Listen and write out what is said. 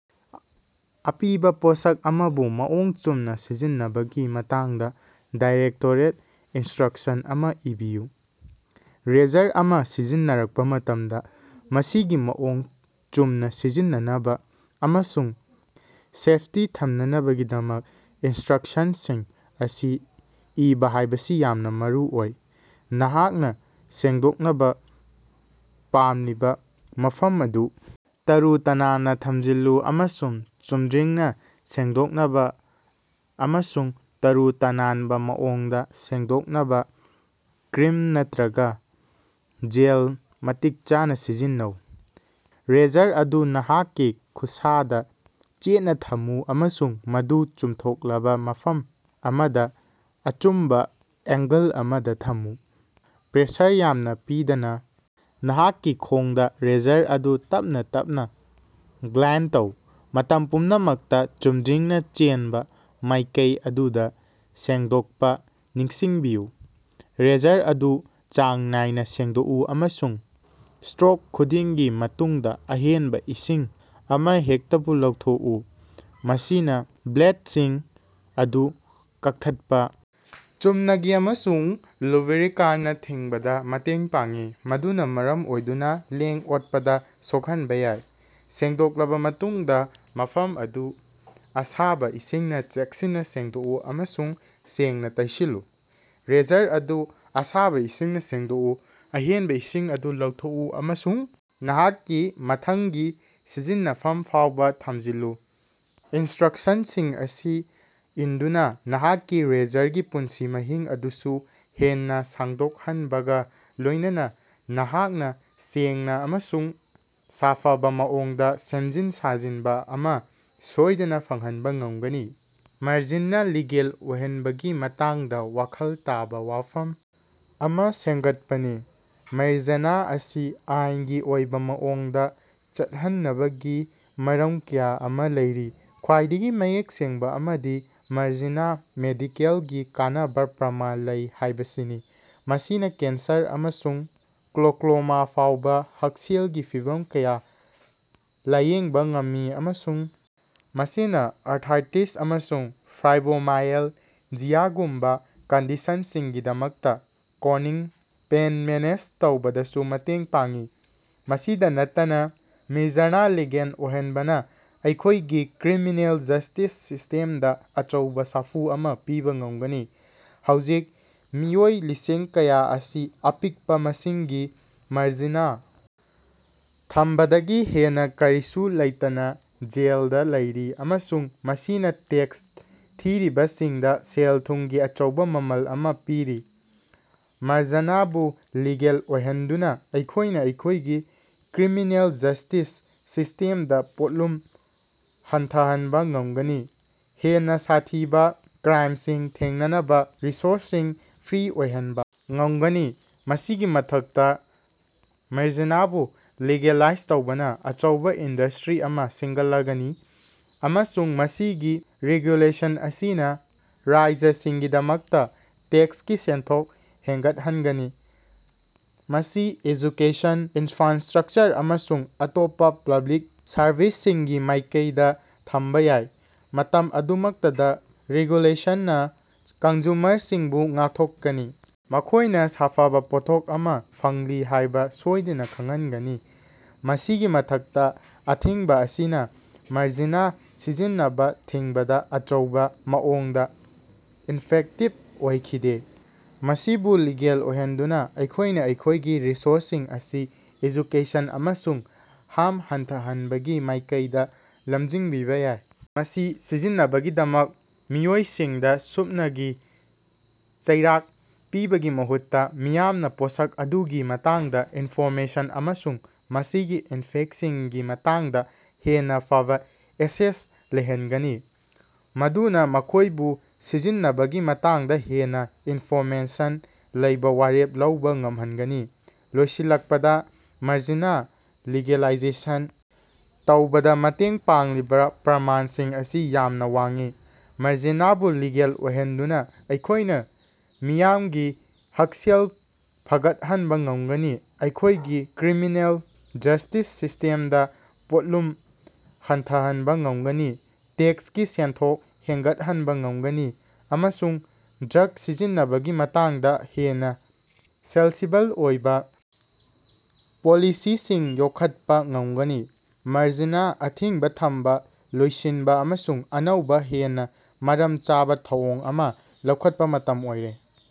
ꯑꯄꯤꯕꯥ ꯄꯣꯠꯁꯛ ꯑꯃꯕꯨ ꯃꯑꯣꯡ ꯆꯨꯝꯅꯥ ꯁꯤꯖꯤꯟꯅꯕꯒꯤ ꯃꯇꯥꯡꯗꯥ ꯗꯥꯏꯔꯦꯛꯇꯣꯔꯦꯠ ꯏꯟꯁꯇ꯭ꯔꯛꯁꯟ ꯑꯃꯥ ꯏꯕꯤꯌꯨ꯫ ꯔꯦꯖꯔ ꯑꯃꯥ ꯁꯤꯖꯤꯟꯅꯔꯛꯄꯥ ꯃꯇꯝꯗꯥ, ꯃꯁꯤꯒꯤ ꯃꯑꯣꯡ ꯆꯨꯝꯅꯥ ꯁꯤꯖꯤꯟꯅꯅꯕꯥ ꯑꯃꯁꯨꯡ ꯁꯦꯞꯇꯤ ꯊꯝꯅꯕꯒꯤꯗꯃꯛ ꯏꯟꯁꯇ꯭ꯔꯛꯁꯟꯁꯤꯡ ꯑꯁꯤ ꯏꯟꯕꯥ ꯍꯥꯏꯕꯁꯤ ꯌꯥꯝꯅꯥ ꯃꯔꯨꯑꯣꯏ꯫ ꯅꯍꯥꯛꯅꯥ ꯁꯦꯡꯗꯣꯛꯅꯕꯥ ꯄꯥꯝꯂꯤꯕꯥ ꯃꯐꯝ ꯑꯗꯨ ꯇꯔꯨ-ꯇꯅꯥꯟꯅꯥ ꯊꯝꯖꯤꯜꯂꯨ ꯑꯃꯁꯨꯡ ꯆꯨꯝꯗ꯭ꯔꯤꯡꯅꯥ ꯁꯦꯡꯗꯣꯛꯅꯕꯥ ꯑꯃꯁꯨꯡ ꯇꯔꯨ-ꯇꯅꯥꯟꯕꯥ ꯃꯑꯣꯡꯗꯥ ꯁꯦꯡꯗꯣꯛꯅꯕꯥ ꯀ꯭ꯔꯤꯝ ꯅꯠꯇ꯭ꯔꯒꯥ ꯖꯦꯜ ꯃꯇꯤꯛ ꯆꯥꯅꯥ ꯁꯤꯖꯤꯟꯅꯧ꯫ ꯔꯦꯖꯔ ꯑꯗꯨ ꯅꯍꯥꯛꯀꯤ ꯈꯨꯠꯁꯥꯗꯥ ꯆꯦꯠꯅꯥ ꯊꯝꯃꯨ ꯑꯃꯁꯨꯡ ꯃꯗꯨ ꯆꯨꯝꯊꯣꯛꯂꯕꯥ ꯃꯐꯝ ꯑꯃꯗꯥ ꯑꯆꯨꯝꯕꯥ ꯑꯦꯡꯒꯜ ꯑꯃꯗꯥ ꯊꯝꯃꯨ꯫ ꯄ꯭ꯔꯦꯁꯔ ꯌꯥꯝꯅꯥ ꯄꯤꯗꯅꯥ ꯅꯍꯥꯛꯀꯤ ꯈꯣꯡꯗꯥ ꯔꯦꯖꯔ ꯑꯗꯨ ꯇꯞꯅꯥ ꯇꯞꯅꯥ ꯒ꯭ꯂꯥꯏꯗ ꯇꯧ꯫ ꯃꯇꯝ ꯄꯨꯝꯅꯃꯛꯇꯥ ꯆꯨꯝꯗ꯭ꯔꯤꯡꯅꯥ ꯆꯦꯟꯕꯥ ꯃꯥꯏꯀꯩ ꯑꯗꯨꯗꯥ ꯁꯦꯡꯗꯣꯛꯄꯥ ꯅꯤꯡꯁꯤꯡꯕꯤꯌꯨ꯫ ꯔꯦꯖꯔ ꯑꯗꯨ ꯆꯥꯡ ꯅꯥꯏꯅꯥ ꯁꯦꯡꯗꯣꯛꯎ ꯑꯃꯁꯨꯡ ꯁ꯭ꯇꯔꯣꯛ ꯈꯨꯗꯤꯡꯒꯤ ꯃꯇꯨꯡꯗꯥ ꯑꯍꯦꯟꯕꯥ ꯏꯁꯤꯡ ꯑꯃꯍꯦꯛꯇꯕꯨ ꯂꯧꯊꯣꯛꯎ꯫ ꯃꯁꯤꯅꯥ ꯕ꯭ꯂꯦꯠꯁꯤꯡ ꯑꯗꯨ ꯀꯛꯊꯠꯄꯥ ꯆꯨꯝꯅꯒꯤ ꯑꯃꯁꯨꯡ ꯂꯨꯕ꯭ꯔꯤꯀꯦꯟꯅꯥ ꯊꯤꯡꯕꯗꯥ ꯃꯇꯦꯡ ꯄꯥꯡꯏ, ꯃꯗꯨꯅꯥ ꯃꯔꯝ ꯑꯣꯏꯗꯨꯅꯥ ꯂꯦꯡ-ꯑꯣꯠꯄꯗꯥ ꯁꯣꯛꯍꯟꯕꯥ ꯌꯥꯏ꯫ ꯁꯦꯡꯗꯣꯛꯂꯕꯥ ꯃꯇꯨꯡꯗꯥ, ꯃꯐꯝ ꯑꯗꯨ ꯑꯁꯥꯕꯥ ꯏꯁꯤꯡꯅꯥ ꯆꯦꯛꯁꯤꯟꯅꯥ ꯁꯦꯡꯗꯣꯛꯎ ꯑꯃꯁꯨꯡ ꯁꯦꯡꯅꯥ ꯇꯩꯁꯤꯜꯂꯨ꯫ ꯔꯦꯖꯔ ꯑꯗꯨ ꯑꯁꯥꯕꯥ ꯏꯁꯤꯡꯅꯥ ꯁꯦꯡꯗꯣꯛꯎ, ꯑꯍꯦꯟꯕꯥ ꯏꯁꯤꯡ ꯑꯗꯨ ꯂꯧꯊꯣꯛꯎ ꯑꯃꯁꯨꯡ ꯅꯍꯥꯛꯀꯤ ꯃꯊꯪꯒꯤ ꯁꯤꯖꯤꯟꯅꯐꯝ ꯐꯥꯎꯕꯥ ꯊꯝꯖꯤꯜꯂꯨ꯫ ꯏꯟꯁꯇ꯭ꯔꯛꯁꯟꯁꯤꯡ ꯑꯁꯤ ꯏꯟꯗꯨꯅꯥ, ꯅꯍꯥꯛꯀꯤ ꯔꯦꯖꯔꯒꯤ ꯄꯨꯟꯁꯤ ꯃꯍꯤꯡ ꯑꯗꯨꯁꯨ ꯍꯦꯟꯅꯥ ꯁꯥꯡꯗꯣꯛꯍꯟꯕꯒꯥ ꯂꯣꯏꯅꯅꯥ ꯅꯍꯥꯛꯅꯥ ꯁꯦꯡꯅꯥ ꯑꯃꯁꯨꯡ ꯁꯥꯐꯕꯥ ꯃꯑꯣꯡꯗꯥ ꯁꯦꯝꯖꯤꯟ-ꯁꯥꯖꯤꯟꯕꯥ ꯑꯃꯥ ꯁꯣꯏꯗꯅꯥ ꯐꯪꯍꯟꯕꯥ ꯉꯝꯒꯅꯤ꯫ ꯃꯔꯤꯖꯅꯥꯅ ꯂꯤꯒꯦꯜ ꯑꯣꯏꯍꯟꯕꯒꯤ ꯃꯇꯥꯡꯗꯥ ꯋꯥꯈꯜ ꯇꯥꯕꯥ ꯋꯥꯐꯝ ꯑꯃꯥ ꯁꯦꯝꯒꯠꯄꯥꯅꯤ꯫ ꯃꯔꯤꯖꯅꯥ ꯑꯁꯤ ꯑꯥꯏꯟꯒꯤ ꯑꯣꯏꯕꯥ ꯃꯑꯣꯡꯗꯥ ꯆꯠꯅꯍꯟꯕꯒꯤ ꯃꯔꯝ ꯀꯌꯥ ꯑꯃꯥ ꯂꯩꯔꯤ꯫ ꯈ꯭ꯋꯥꯏꯗꯒꯤ ꯃꯌꯦꯛ ꯁꯦꯡꯕꯥ ꯑꯃꯗꯤ ꯃꯔꯤꯖꯅꯥꯅ ꯃꯦꯗꯤꯀꯦꯜꯒꯤ ꯀꯥꯟꯅꯕꯥ ꯄ꯭ꯔꯃꯥꯟ ꯂꯩ ꯍꯥꯏꯕꯁꯤꯅꯤ: ꯃꯁꯤꯅꯥ ꯀꯦꯟꯁꯔ ꯑꯃꯁꯨꯡ ꯒ꯭ꯂꯣꯀꯣꯃꯥ ꯌꯥꯎꯅꯥ ꯍꯛꯁꯦꯜꯒꯤ ꯐꯤꯚꯝ ꯀꯌꯥ ꯂꯥꯌꯦꯡꯕꯥ ꯉꯝꯃꯤ ꯑꯃꯁꯨꯡ ꯃꯁꯤꯅꯥ ꯑꯔꯊ꯭ꯔꯥꯏꯇꯤꯁ ꯑꯃꯁꯨꯡ ꯐꯥꯏꯕ꯭ꯔꯣꯃꯥꯏꯑꯦꯜꯖꯤꯌꯥꯒꯨꯝꯕꯥ ꯀꯟꯗꯤꯁꯟꯁꯤꯡꯒꯤꯗꯃꯛꯇꯥ ꯀ꯭ꯔꯣꯅꯤꯛ ꯄꯦꯏꯟ ꯃꯦꯅꯦꯖ ꯇꯧꯕꯗꯁꯨ ꯃꯇꯦꯡ ꯄꯥꯡꯏ꯫ ꯃꯁꯤꯗꯥ ꯅꯠꯇꯅꯥ, ꯃꯔꯤꯖꯅꯥ ꯂꯤꯒꯦꯜ ꯑꯣꯏꯍꯟꯕꯅꯥ ꯑꯩꯈꯣꯏꯒꯤ ꯀ꯭ꯔꯤꯃꯤꯅꯦꯜ ꯖꯁꯇꯤꯁ ꯁꯤꯁꯇꯦꯝꯗꯥ ꯑꯆꯧꯕꯥ ꯁꯥꯐꯨ ꯑꯃꯥ ꯄꯤꯕꯥ ꯉꯝꯒꯅꯤ꯫ ꯍꯧꯖꯤꯛ ꯃꯤꯑꯣꯏ ꯂꯤꯁꯤꯡ ꯀꯌꯥ ꯑꯁꯤ ꯑꯄꯤꯛꯄꯥ ꯃꯁꯤꯡꯒꯤ ꯃꯔꯤꯖꯅꯥ ꯊꯝꯕꯗꯒꯤ ꯍꯦꯟꯅꯥ ꯀꯔꯤꯁꯨ ꯂꯩꯇꯅꯥ ꯖꯦꯜꯗꯥ ꯂꯩꯔꯤ ꯑꯃꯁꯨꯡ ꯃꯁꯤꯅꯥ ꯇꯦꯛꯁ ꯊꯤꯔꯤꯕꯁꯤꯡꯗꯥ ꯁꯦꯜ-ꯊꯨꯝꯒꯤ ꯑꯆꯧꯕꯥ ꯃꯃꯜ ꯑꯃꯥ ꯄꯤꯔꯤ꯫ ꯃꯔꯤꯖꯅꯥꯕꯨ ꯂꯤꯒꯦꯜ ꯑꯣꯏꯍꯟꯗꯨꯅꯥ ꯑꯩꯈꯣꯏꯅꯥ ꯑꯩꯈꯣꯏꯒꯤ ꯀ꯭ꯔꯤꯃꯤꯅꯦꯜ ꯖꯁꯇꯤꯁ ꯁꯤꯁꯇꯦꯝꯗꯥ ꯄꯣꯠꯂꯨꯝ ꯍꯟꯊꯍꯟꯕꯥ ꯉꯝꯒꯅꯤ, ꯍꯦꯟꯅꯥ ꯁꯥꯊꯤꯕꯥ ꯀ꯭ꯔꯥꯏꯝꯁꯤꯡ ꯊꯦꯡꯅꯅꯕꯥ ꯔꯤꯁꯣꯔꯁꯁꯤꯡ ꯐ꯭ꯔꯤ ꯑꯣꯏꯍꯟꯕꯥ ꯉꯝꯒꯅꯤ꯫ ꯃꯁꯤꯒꯤ ꯃꯊꯛꯇꯥ, ꯃꯔꯤꯖꯅꯥꯕꯨ ꯂꯤꯒꯦꯂꯥꯏꯖ ꯇꯧꯕꯅꯥ ꯑꯅꯧꯕꯥ ꯏꯟꯗꯁꯇ꯭ꯔꯤ ꯑꯃꯥ ꯁꯦꯝꯒꯠꯂꯒꯅꯤ ꯑꯃꯁꯨꯡ ꯃꯁꯤꯒꯤ ꯔꯦꯒꯨꯂꯦꯁꯟ ꯑꯁꯤꯅꯥ ꯔꯥꯖ꯭ꯌꯁꯤꯡꯒꯤꯗꯃꯛꯇꯥ ꯇꯦꯛꯁꯀꯤ ꯁꯦꯟꯊꯣꯛ ꯍꯦꯟꯒꯠꯍꯟꯒꯅꯤ꯫ ꯃꯁꯤ ꯑꯦꯖꯨꯀꯦꯁꯟ, ꯏꯅꯐ꯭ꯔꯥꯁꯇ꯭ꯔꯛꯆꯔ ꯑꯃꯁꯨꯡ ꯑꯇꯣꯞꯄꯥ ꯄꯕ꯭ꯂꯤꯛ ꯁꯔꯕꯤꯁꯁꯤꯡꯒꯤ ꯃꯥꯏꯀꯩꯗꯥ ꯊꯝꯕꯥ ꯌꯥꯏ꯫ ꯃꯇꯝ ꯑꯗꯨꯃꯛꯇꯗꯥ, ꯔꯦꯒꯨꯂꯦꯁꯟꯅꯥ ꯀꯟꯖꯨꯃꯔꯁꯤꯡꯕꯨ ꯉꯥꯛꯊꯣꯛꯀꯅꯤ, ꯃꯈꯣꯏꯅꯥ ꯁꯥꯐꯕꯥ ꯄꯣꯠꯊꯣꯛ ꯑꯃꯥ ꯐꯪꯂꯤ ꯍꯥꯏꯕꯥ ꯁꯣꯏꯗꯅꯥ ꯈꯪꯍꯟꯒꯅꯤ꯫ ꯃꯁꯤꯒꯤ ꯃꯊꯛꯇꯥ, ꯑꯊꯤꯡꯕꯥ ꯑꯁꯤꯅꯥ ꯃꯔꯤꯖꯅꯥ ꯁꯤꯖꯤꯟꯅꯕꯥ ꯊꯤꯡꯕꯗꯥ ꯑꯆꯧꯕꯥ ꯃꯑꯣꯡꯗꯥ ꯏꯐꯦꯛꯇꯤꯕ ꯑꯣꯏꯈꯤꯗꯦ꯫ ꯃꯁꯤꯕꯨ ꯂꯤꯒꯦꯜ ꯑꯣꯏꯍꯟꯗꯨꯅꯥ ꯑꯩꯈꯣꯏꯅꯥ ꯑꯩꯈꯣꯏꯒꯤ ꯔꯤꯁꯣꯔꯁꯁꯤꯡ ꯑꯁꯤ ꯑꯦꯖꯨꯀꯦꯁꯟ ꯑꯃꯁꯨꯡ ꯍꯥꯝ ꯍꯟꯊꯍꯟꯕꯒꯤ ꯃꯥꯏꯀꯩꯗꯥ ꯂꯝꯖꯤꯡꯕꯤꯕꯥ ꯌꯥꯏ, ꯃꯁꯤ ꯁꯤꯖꯤꯟꯅꯕꯒꯤꯗꯃꯛ ꯃꯤꯑꯣꯏꯁꯤꯡꯗꯥ ꯁꯨꯞꯅꯒꯤ ꯆꯩꯔꯥꯛ ꯄꯤꯕꯒꯤ ꯃꯍꯨꯠꯇꯥ, ꯃꯤꯌꯥꯝꯅꯥ ꯄꯣꯠꯁꯛ ꯑꯗꯨꯒꯤ ꯃꯇꯥꯡꯗꯥ ꯏꯟꯐꯣꯔꯃꯦꯁꯟ ꯑꯃꯁꯨꯡ ꯃꯁꯤꯒꯤ ꯏꯐꯦꯛꯁꯤꯡꯒꯤ ꯃꯇꯥꯡꯗꯥ ꯍꯦꯟꯅꯥ ꯐꯕꯥ ꯑꯦꯛꯁꯦꯁ ꯂꯩꯍꯟꯒꯅꯤ, ꯃꯗꯨꯅꯥ ꯃꯈꯣꯏꯕꯨ ꯁꯤꯖꯤꯟꯅꯕꯒꯤ ꯃꯇꯥꯡꯗꯥ ꯍꯦꯟꯅꯥ ꯏꯟꯐꯣꯔꯃꯦꯁꯟ ꯂꯩꯕꯥ ꯋꯥꯔꯦꯞ ꯂꯧꯕꯥ ꯉꯝꯍꯟꯒꯅꯤ꯫ ꯂꯣꯏꯁꯤꯜꯂꯛꯄꯗꯥ, ꯃꯔꯤꯖꯅꯥ ꯂꯤꯒꯦꯂꯥꯏꯖꯦꯁꯟ ꯇꯧꯕꯗꯥ ꯃꯇꯦꯡ ꯄꯥꯡꯂꯤꯕꯥ ꯄ꯭ꯔꯃꯥꯟꯁꯤꯡ ꯑꯁꯤ ꯌꯥꯝꯅꯥ ꯋꯥꯡꯏ꯫ ꯃꯔꯤꯖꯅꯥꯕꯨ ꯂꯤꯒꯦꯜ ꯑꯣꯏꯍꯟꯗꯨꯅꯥ ꯑꯩꯈꯣꯏꯅꯥ ꯃꯤꯌꯥꯝꯒꯤ ꯍꯛꯁꯦꯜ ꯐꯒꯠꯍꯟꯕꯥ ꯉꯝꯒꯅꯤ, ꯑꯩꯈꯣꯏꯒꯤ ꯀ꯭ꯔꯤꯃꯤꯅꯦꯜ ꯖꯁꯇꯤꯁ ꯁꯤꯁꯇꯦꯝꯗꯥ ꯄꯣꯠꯂꯨꯝ ꯍꯟꯊꯍꯟꯕꯥ ꯉꯝꯒꯅꯤ, ꯇꯦꯛꯁꯀꯤ ꯁꯦꯟꯊꯣꯛ ꯍꯦꯟꯒꯠꯍꯟꯕꯥ ꯉꯝꯒꯅꯤ ꯑꯃꯁꯨꯡ ꯗ꯭ꯔꯒ ꯁꯤꯖꯤꯟꯅꯕꯒꯤ ꯃꯇꯥꯡꯗꯥ ꯍꯦꯟꯅꯥ ꯁꯦꯟꯁꯤꯕꯜ ꯑꯣꯏꯕꯥ ꯄꯣꯂꯤꯁꯤꯁꯤꯡ ꯌꯣꯛꯈꯠꯄꯥ ꯉꯝꯒꯅꯤ꯫ ꯃꯔꯤꯖꯅꯥ ꯑꯊꯤꯡꯕꯥ ꯊꯝꯕꯥ ꯂꯣꯏꯁꯤꯟꯕꯥ ꯑꯃꯁꯨꯡ ꯑꯅꯧꯕꯥ ꯍꯦꯟꯅꯥ ꯃꯔꯝ ꯆꯥꯕꯥ ꯊꯧꯑꯣꯡ ꯑꯃꯥ ꯂꯧꯈꯠꯄꯥ ꯃꯇꯝ ꯑꯣꯏꯔꯦ꯫